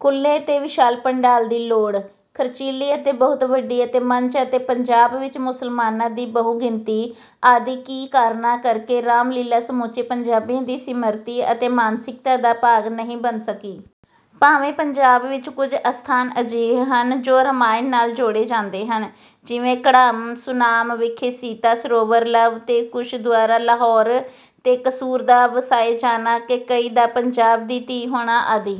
ਖੁੱਲ੍ਹੇ ਤੇ ਵਿਸ਼ਾਲ ਪੰਡਾਲ ਦੀ ਲੋੜ, ਖ਼ਰਚੀਲੀ ਅਤੇ ਬਹੁਤ ਵੱਡੀ ਅਤੇ ਮੰਚ ਅਤੇ ਪੰਜਾਬ ਵਿੱਚ ਮੁਸਲਮਾਨਾਂ ਦੀ ਬਹੁ-ਗਿਣਤੀ ਆਦਿ ਕੀ ਕਾਰਨਾਂ ਕਰਕੇ ਰਾਮ-ਲੀਲ੍ਹਾ ਸਮੁੱਚੇ ਪੰਜਾਬੀਆਂ ਦੀ ਸਿਮਰਤੀ ਅਤੇ ਮਾਨਸਿਕਤਾ ਦਾ ਭਾਗ ਨਹੀਂ ਬਣ ਸਕੀ। ਭਾਵੇਂ ਪੰਜਾਬ ਵਿੱਚ ਕੁਝ ਅਸਥਾਨ ਅਜਿਹੇ ਹਨ, ਜੋ ਰਾਮਾਇਣ ਨਾਲ ਜੋੜੇ ਜਾਂਦੇ ਹਨ। ਜਿਵੇਂ: ਘੜਾਮ, ਸੁਨਾਮ ਵਿਖੇ ਸੀਤਾ ਸਰੋਵਰ, ਲਵ ਤੇ ਕੁਸ਼ ਦੁਆਰਾ ਲਾਹੌਰ ਤੇ ਕਸੂਰ ਦਾ ਵਸਾਏ ਜਾਣਾ, ਕੈਕੇਈ ਦਾ ਪੰਜਾਬ ਦੀ ਧੀ ਹੋਣਾ ਆਦਿ।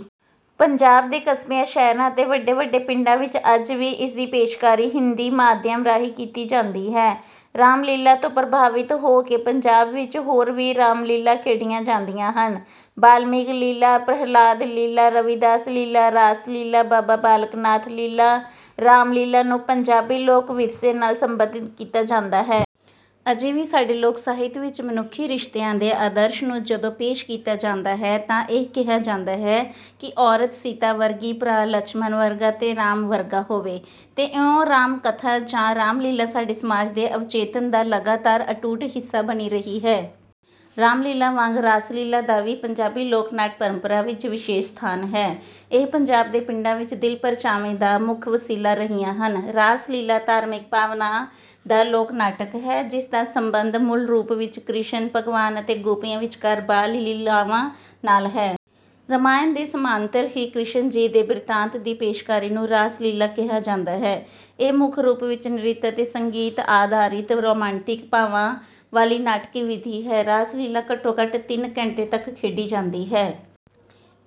ਪੰਜਾਬ ਦੇ ਕਸਬਿਆਂ, ਸ਼ਹਿਰਾਂ ਅਤੇ ਵੱਡੇ-ਵੱਡੇ ਪਿੰਡਾਂ ਵਿੱਚ ਅੱਜ ਵੀ ਇਸ ਦੀ ਪੇਸ਼ਕਾਰੀ ਹਿੰਦੀ ਮਾਧਿਅਮ ਰਾਹੀਂ ਕੀਤੀ ਜਾਂਦੀ ਹੈ। ਰਾਮ-ਲੀਲ੍ਹਾ ਤੋਂ ਪ੍ਰਭਾਵਿਤ ਹੋ ਕੇ ਪੰਜਾਬ ਵਿੱਚ ਹੋਰ ਵੀ ਰਾਮ-ਲੀਲ੍ਹਾ ਖੇਡੀਆਂ ਜਾਂਦੀਆਂ ਹਨ। ਬਾਲਮੀਕ ਲੀਲ੍ਹਾ, ਪ੍ਰਹਿਲਾਦ ਲੀਲ੍ਹਾ, ਰਵੀਦਾਸ ਲੀਲ੍ਹਾ, ਰਾਸ-ਲੀਲ੍ਹਾ, ਬਾਬਾ ਬਾਲਕ ਨਾਥ ਲੀਲ੍ਹਾ, ਰਾਮ-ਲੀਲ੍ਹਾ ਨੂੰ ਪੰਜਾਬੀ ਲੋਕ-ਵਿਰਸੇ ਨਾਲ ਸਬੰਧਿਤ ਕੀਤਾ ਜਾਂਦਾ ਹੈ। ਅਜੇ ਵੀ ਸਾਡੇ ਲੋਕ-ਸਾਹਿਤ ਵਿੱਚ ਮਨੁੱਖੀ ਰਿਸ਼ਤਿਆਂ ਦੇ ਆਦਰਸ਼ ਨੂੰ ਜਦੋਂ ਪੇਸ਼ ਕੀਤਾ ਜਾਂਦਾ ਹੈ ਤਾਂ ਇਹ ਕਿਹਾ ਜਾਂਦਾ ਹੈ ਕਿ ਔਰਤ ਸੀਤਾ ਵਰਗੀ, ਭਰਾ ਲਛਮਣ ਵਰਗਾ ਤੇ ਰਾਮ ਵਰਗਾ ਹੋਵੇ। ਤੇ ਇਉਂ ਰਾਮ-ਕਥਾ ਜਾਂ ਰਾਮ-ਲੀਲ੍ਹਾ ਸਾਡੇ ਸਮਾਜ ਦੇ ਅਵਚੇਤਨ ਦਾ ਲਗਾਤਾਰ ਅਟੁੱਟ ਹਿੱਸਾ ਬਣੀ ਰਹੀ ਹੈ। ਰਾਮ-ਲੀਲ੍ਹਾ ਵਾਂਗ ਰਾਸ-ਲੀਲ੍ਹਾ ਦਾ ਵੀ ਪੰਜਾਬੀ ਲੋਕ-ਨਾਟ ਪਰੰਪਰਾ ਵਿੱਚ ਵਿਸ਼ੇਸ਼ ਸਥਾਨ ਹੈ। ਇਹ ਪੰਜਾਬ ਦੇ ਪਿੰਡਾਂ ਵਿੱਚ ਦਿਲ-ਪਰਚਾਵੇ ਦਾ ਮੁੱਖ ਵਸੀਲਾ ਰਹੀਆਂ ਹਨ। ਰਾਸ-ਲੀਲ੍ਹਾ ਧਾਰਮਿਕ ਭਾਵਨਾ ਦਾ ਲੋਕ-ਨਾਟਕ ਹੈ, ਜਿਸ ਦਾ ਸੰਬੰਧ ਮੂਲ ਰੂਪ ਵਿੱਚ ਕ੍ਰਿਸ਼ਨ ਭਗਵਾਨ ਅਤੇ ਗੋਪੀਆਂ ਵਿਚਕਾਰ ਬਾਲ-ਲੀਲ੍ਹਾਵਾਂ ਨਾਲ ਹੈ। ਰਾਮਾਇਣ ਦੇ ਸਮਾਨੰਤਰ ਹੀ ਕ੍ਰਿਸ਼ਨ ਜੀ ਦੇ ਬਿਰਤਾਂਤ ਦੀ ਪੇਸ਼ਕਾਰੀ ਨੂੰ ਰਾਸ-ਲੀਲ੍ਹਾ ਕਿਹਾ ਜਾਂਦਾ ਹੈ। ਇਹ ਮੁੱਖ ਰੂਪ ਵਿੱਚ ਨ੍ਰਿਤ ਅਤੇ ਸੰਗੀਤ ਆਧਾਰਿਤ ਰੋਮਾਂਟਿਕ ਭਾਵਾਂ ਵਾਲੀ ਨਾਟਕੀ ਵਿਧੀ ਹੈ। ਰਾਸ-ਲੀਲ੍ਹਾ ਘੱਟੋ-ਘੱਟ ਤਿੰਨ ਘੰਟੇ ਤੱਕ ਖੇਡੀ ਜਾਂਦੀ ਹੈ।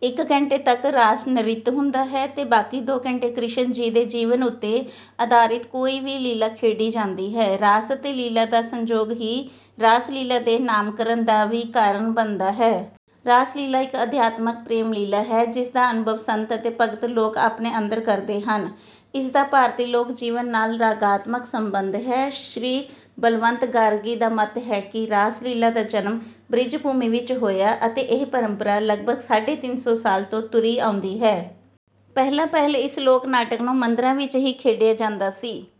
ਇੱਕ ਘੰਟੇ ਤੱਕ ਰਾਸ-ਨ੍ਰਿਤ ਹੁੰਦਾ ਹੈ ਅਤੇ ਬਾਕੀ ਦੋ ਘੰਟੇ ਕ੍ਰਿਸ਼ਨ ਜੀ ਦੇ ਜੀਵਨ ਉੱਤੇ ਆਧਾਰਿਤ ਕੋਈ ਵੀ ਲੀਲ੍ਹਾ ਖੇਡੀ ਜਾਂਦੀ ਹੈ। "ਰਾਸ ਅਤੇ ਲੀਲ੍ਹਾ ਦਾ ਸੰਜੋਗ ਹੀ ਰਾਸ-ਲੀਲ੍ਹਾ ਦੇ ਨਾਮਕਰਨ ਦਾ ਵੀ ਕਾਰਨ ਬਣਦਾ ਹੈ।" ਰਾਸ-ਲੀਲ੍ਹਾ ਇੱਕ ਅਧਿਆਤਮਕ ਪ੍ਰੇਮ-ਲੀਲ੍ਹਾ ਹੈ, ਜਿਸ ਦਾ ਅਨੁਭਵ ਸੰਤ ਅਤੇ ਭਗਤ ਲੋਕ ਆਪਣੇ ਅੰਦਰ ਕਰਦੇ ਹਨ। ਇਸ ਦਾ ਭਾਰਤੀ ਲੋਕ-ਜੀਵਨ ਨਾਲ ਰਾਗਾਤਮਕ ਸੰਬੰਧ ਹੈ। ਸ੍ਰੀ ਬਲਵੰਤ ਗਾਰਗੀ ਦਾ ਮੱਤ ਹੈ ਕਿ, "ਰਾਸ-ਲੀਲ੍ਹਾ ਦਾ ਜਨਮ ਬ੍ਰਿਜ-ਭੂਮੀ ਵਿੱਚ ਹੋਇਆ ਅਤੇ ਇਹ ਪਰੰਪਰਾ ਲਗਭਗ ਸਾਢੇ ਤਿੰਨ ਸੌ ਸਾਲ ਤੋਂ ਤੁਰੀ ਆਉਂਦੀ ਹੈ।" ਪਹਿਲਾਂ-ਪਹਿਲ ਇਸ ਲੋਕ-ਨਾਟਕ ਨੂੰ ਮੰਦਰਾਂ ਵਿੱਚ ਹੀ ਖੇਡਿਆ ਜਾਂਦਾ ਸੀ